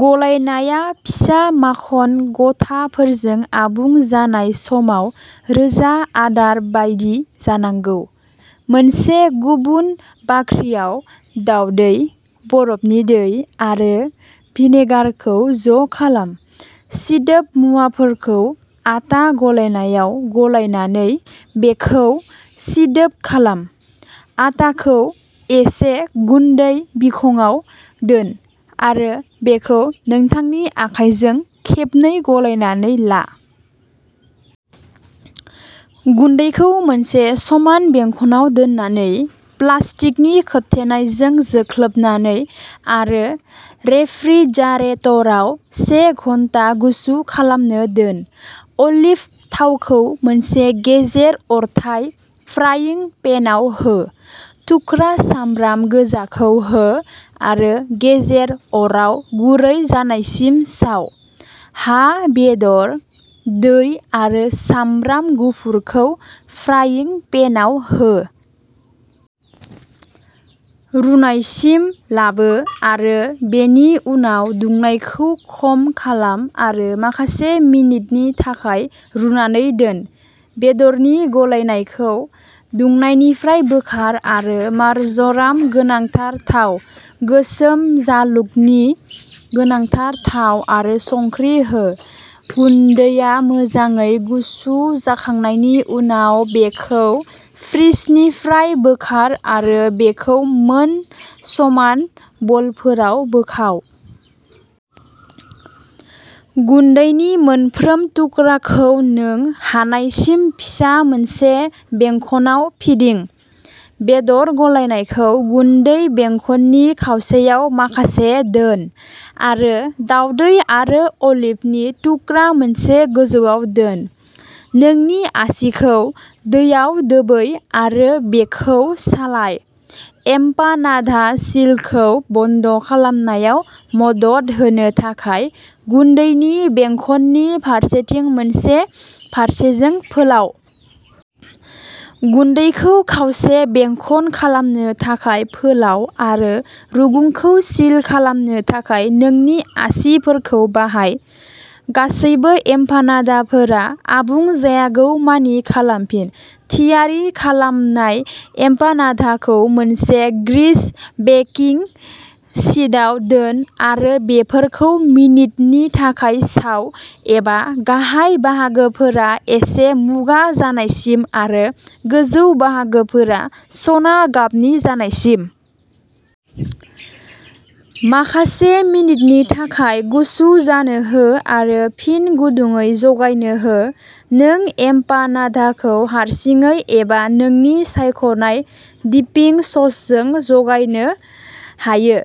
गलायनाया फिसा माखन गथाफोरजों आबुं जानाय समाव रोजा आदार बायदि जानांगौ। मोनसे गुबुन बाख्रियाव, दावदै, बरफनि दै आरो भिनेगारखौ ज'खालाम। सिदोब मुवाफोरखौ आटा गलायनायाव गलायनानै बेखौ सिदोब खालाम। आटाखौ एसे गुन्दै बिखंआव दोन, आरो बेखौ नोंथांनि आखाइजों खेबनै गलायनानै ला। गुन्दैखौ मोनसे समान बेंखनआव दोननानै, प्लास्टिकनि खोबथेनायजों जोख्लोबनानै, आरो रेफ्रिजारेटाराव से घन्टा गुसु खालामनो दोन। अलिभ थावखौ मोनसे गेजेर-अरथाय फ्राइं पेनआव हो। थुख्रा सामब्राम गोजाखौ हो, आरो गेजेर अराव गुरै जानायसिम साव। हा-बेदर, दै आरो सामब्राम गुफुरखौ फ्राइं पेनआव हो। रुनायसिम लाबो, आरो बेनि उनाव दुंनायखौ खम खालाम आरो माखासे मिनिटनि थाखाय रुनानै दोन। बेदरनि गलायनायखौ दुंनायनिफ्राय बोखार, आरो मार्जराम गोनांथार थाव, गोसोम जालुगनि गोनांथार थाव आरो संख्रि हो। गुन्दैआ मोजाङै गुसु जाखांनायनि उनाव, बेखौ फ्रिजनिफ्राय बोखार आरो बेखौ मोन समान बलफोराव बोखाव। गुन्दैनि मोनफ्रोम थुख्राखौ नों हानायसिम फिसा मोनसे बेंखनआव फिदिं। बेदर गलायनायखौ गुन्दै बेंखननि खावसेयाव माखासे दोन, आरो दावदै आरो अलिभनि थुख्रा मोनसे गोजौआव दोन। नोंनि आसिखौ दैयाव दोबै आरो बेखौ सालाय। एमपानादा सिलखौ बन्द खालामनायाव मदद होनो थाखाय गुन्दैनि बेंखननि फारसेथिं मोनसे फारसेजों फोलाव। गुन्दैखौ खावसे बेंखन खालामनो थाखाय फोलाव, आरो रुगुंखौ सिल खालामनो थाखाय नोंनि आसिफोरखौ बाहाय। गासैबो एमपानादाफोरा आबुं जायागौमानि खालामफिन। थियारि खालामनाय एमपानादाखौ मोनसे ग्रीस बेकिं शीटआव दोन, आरो बेफोरखौ मिनिटनि थाखाय साव, एबा गाहाय बाहागोफोरा एसे मुगा जानायसिम आरो गोजौ बाहागोफोरा सना गाबनि जानायसिम। माखासे मिनिटनि थाखाय गुसु जानो हो आरो फिन गुदुंयै जगायनो हो। नों एमपानादाखौ हारसिङै एबा नोंनि सायख'नाय डिपिं ससजों जगायनो हायो।